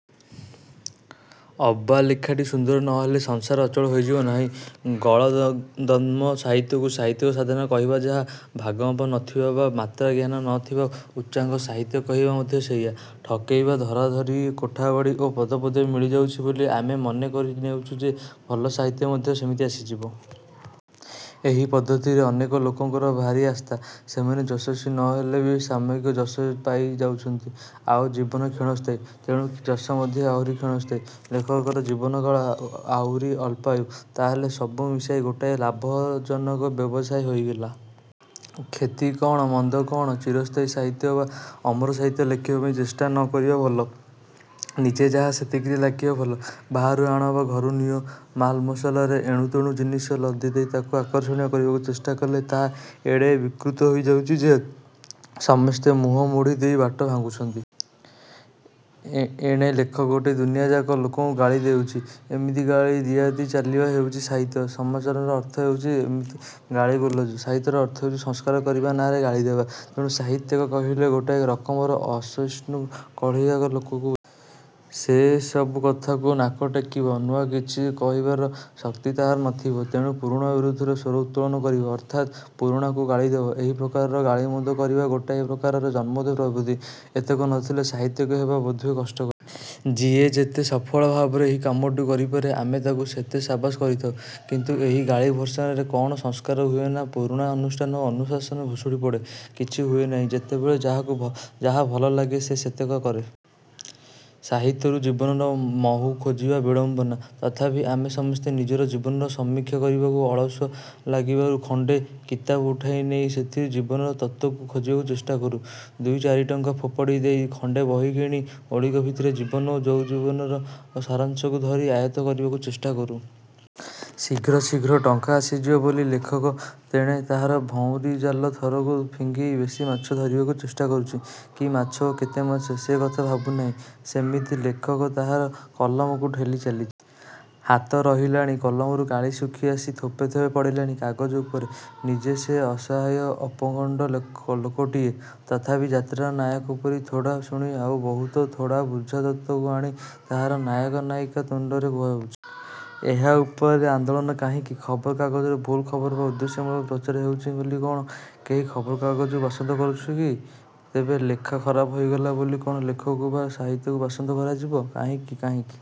ଅବା ଲେଖାଟି ସୁନ୍ଦର ନ ହେଲେ ସଂସାର ଅଚଳ ହୋଇଯିବ ନାହିଁ। ଗଳଦ୍ଘର୍ମ ସାହିତ୍ୟକୁ ସାହିତ୍ୟିକ ସାଧନା କହିବା ଯାହା, ଭାଗମାପ ନ ଥିବା ବା ମାତ୍ରାଜ୍ଞାନ ନ ଥିବା ଉଚ୍ଚାଙ୍ଗ ସାହିତ୍ୟ କହିବା ମଧ୍ୟ ସେଇଆ। ଠକେଇ ବା ଧରାଧରିରେ କୋଠାବାଡ଼ି ଓ ପଦପଦବୀ ମିଳି ଯାଉଛି ବୋଲି ଆମେ ମନେ କରି ନେଉଛୁ ଯେ ଭଲ ସାହିତ୍ୟ ମଧ୍ୟ ସେମିତି ଆସିଯିବ। ଏହି ପଦ୍ଧତିରେ ଅନେକ ଲୋକଙ୍କର ଭାରି ଆସ୍ଥା। ସେମାନେ ଯଶସ୍ୱୀ ନ ହେଲେ ବି ସାମୟିକ ଯଶ ପାଇ ଯାଉଛନ୍ତି। ଆଉ ଜୀବନ କ୍ଷଣସ୍ଥାୟୀ। ତେଣୁ ଯଶ ମଧ୍ୟ ଆହୁରି କ୍ଷଣସ୍ଥାୟୀ। ଲେଖକର ଜୀବନକାଳ ଆଉରି ଅଳ୍ପାୟୁ। ତାହାହେଲେ ସବୁ ମିଶାଇ ଗୋଟାଏ ଲାଭଜନକ ବ୍ୟବସାୟ ହୋଇଗଲା। କ୍ଷତି କ’ଣ? ମନ୍ଦ କ’ଣ? ଚିରସ୍ଥାୟୀ ସାହିତ୍ୟ ବା ଅମର ସାହିତ୍ୟ ଲେଖିବା ପାଇଁ ଚେଷ୍ଟା ନ କରିବା ଭଲ। ନିଜେ ଯାହା ସେତିକିରେ ଲାଗିବା ଭଲ। ବାହାରୁ ଆଣ ବା ଘରୁ ନିଅ, ମାଲମସଲାରେ ଏଣୁତେଣୁ ଜିନିସ ଲଦି ଦେଇ ତାକୁ ଆକର୍ଷଣୀୟ କରିବାକୁ ଚେଷ୍ଟା କଲେ ତାହା ଏଡ଼େ ବିକୃତ ହେଇଯାଉଛି ଯେ ସମସ୍ତେ ମୁହଁମୋଡ଼ି ଦେଇ ବାଟ ଭାଙ୍ଗୁଛନ୍ତି। ଏଣେ ଲେଖକଟି ଦୁନିଆଯାକ ଲୋକଙ୍କୁ ଗାଳି ଦେଉଛି। ଏମିତି ଗାଳି ଦିଆଦିଇ ଚାଲିବା ହେଉଛି ସାହିତ୍ୟ। ସମାଲୋଚନାର ଅର୍ଥ ହେଉଛି ଏମିତି ଗାଳିଗୁଲଜ। ସାହିତ୍ୟର ଅର୍ଥ ହେଉଛି ସଂସ୍କାର କରିବା ନାଁରେ ଗାଳିଦେବା। ତେଣୁ ସାହିତ୍ୟିକ କହିଲେ ଗୋଟାଏ ରକମର ଅସହିଷ୍ଣୁ କଳିହା ଲୋକକୁ ବୁଝାଏ। ସେ ସବୁ କଥାକୁ ନାକ ଟେକିବ। ନୂଆ କିଛି କରିବାର ଶକ୍ତି ତାହାର ନ ଥିବ। ତେଣୁ ପୁରୁଣା ବିରୁଦ୍ଧରେ ସ୍ୱର ଉତ୍ତୋଳନ କରିବ, ଅର୍ଥାତ୍ ପୁରୁଣାକୁ ଗାଳିଦେବ। ଏହି ପ୍ରକାରର ଗାଳିମନ୍ଦ କରିବା ଗୋଟାଏ ପ୍ରକାରର ଜନ୍ମଗତ ପ୍ରବୃତ୍ତି। ଏତକ ନ ଥିଲେ ସାହିତ୍ୟିକ ହେବା ବୋଧହୁଏ କଷ୍ଟକର। ଯିଏ ଯେତେ ସଫଳ ଭାବରେ ଏହି କାମଟିକୁ କରିପାରେ ଆମେ ତାକୁ ସେତେ ସାବାସ କରିଥାଉ। କିନ୍ତୁ ଏହି ଗାଳି ଭର୍ତ୍ସନାରେ କ’ଣ ସଂସ୍କାର ହୁଏ ନା ପୁରୁଣା ଅନୁଷ୍ଠାନ ଓ ଅନୁଶାସନ ଭୁଷୁଡ଼ି ପଡ଼େ? କିଛି ହୁଏ ନାହିଁ। ଯେତେବେଳେ ଯାହାକୁ ଯାହା ଭଲ ଲାଗିଲା ସେ ସେତକ କରେ। ସାହିତ୍ୟରୁ ଜୀବନର ମହୁ ଖୋଜିବା ବିଡ଼ମ୍ବନା। ତଥାପି ଆମେ ସମସ୍ତେ ନିଜର ଜୀବନର ସମୀକ୍ଷା କରିବାକୁ ଅଳସୁଆ ଲାଗିବାରୁ ଖଣ୍ଡେ କିତାବ ଉଠାଇ ନେଇ ସେଥିରୁ ଜୀବନର ତତ୍ତ୍ୱକୁ ଖୋଜିବାକୁ ଚେଷ୍ଟା କରୁ। ଦୁଇ ଚାରି ଟଙ୍କା ଫୋପାଡ଼ି ଦେଇ ଖଣ୍ଡେ ବହି କିଣି ଓଳିକ ଭିତରେ ଜୀବନ ଓ ଯୌବନର ସାରାଂଶକୁ ଧରି ଆୟତ୍ତ କରିବାକୁ ଚେଷ୍ଟା କରୁ। ଶୀଘ୍ର ଶୀଘ୍ର ଟଙ୍କା ଆସିଯିବ ବୋଲି ଲେଖକ ତେଣେ ତାହାର ଭଉଁରୀ ଜାଲ ଥରକୁ ଥର ଫିଙ୍ଗି ବେଶି ମାଛ ଧରିବାକୁ ଚେଷ୍ଟା କରୁଛି। କି ମାଛ ଓ କେତେ ମାଛ? ସେ କଥା ଭାବୁ ନାହିଁ। ସେମିତି ଲେଖକ ତାହାର କଲମକୁ ଠେଲି ଚାଲିଛି। ହାତ ରହିଲାଣି। କଲମରୁ କାଳି ଶୁଖି ଆସି ଥୋପେ ଥୋପା ପଡ଼ିଲାଣି କାଗଜ ଉପରେ। ନିଜେ ସେ ଅସହାୟ ଅପୋଗଣ୍ଡ ଲୋକଟିଏ। ତଥାପି ଯାତ୍ରାର ନାୟକ ପରି ଥୋଡ଼ା ଶୁଣି ଆଉ ବହୁତ୍ ଥୋଡ଼ା ବୁଝା ତତ୍ତ୍ୱକୁ ଆଣି ତାହାର ନାୟକ ନାୟିକା ତୁଣ୍ଡରେ କୁହାଉଛି। ଏହା ଉପରେ ଆନ୍ଦୋଳନ କାହିଁକି? ଖବର କାଗଜର ଭୁଲ ଖବର ବା ଉଦ୍ଦେଶ୍ୟମୂଳକ ପ୍ରଚାର ହେଉଛି ବୋଲି କ’ଣ କେହି ଖବର କାଗଜକୁ ବାସନ୍ଦ କରୁଛି କି? ତେବେ ଲେଖା ଖରାପ ହୋଇଗଲା ବୋଲି କ’ଣ ଲେଖକକୁ ବା ସାହିତ୍ୟିକକୁ ବାସନ୍ଦ କରାଯିବ? କାହିଁକି? କାହିଁକି?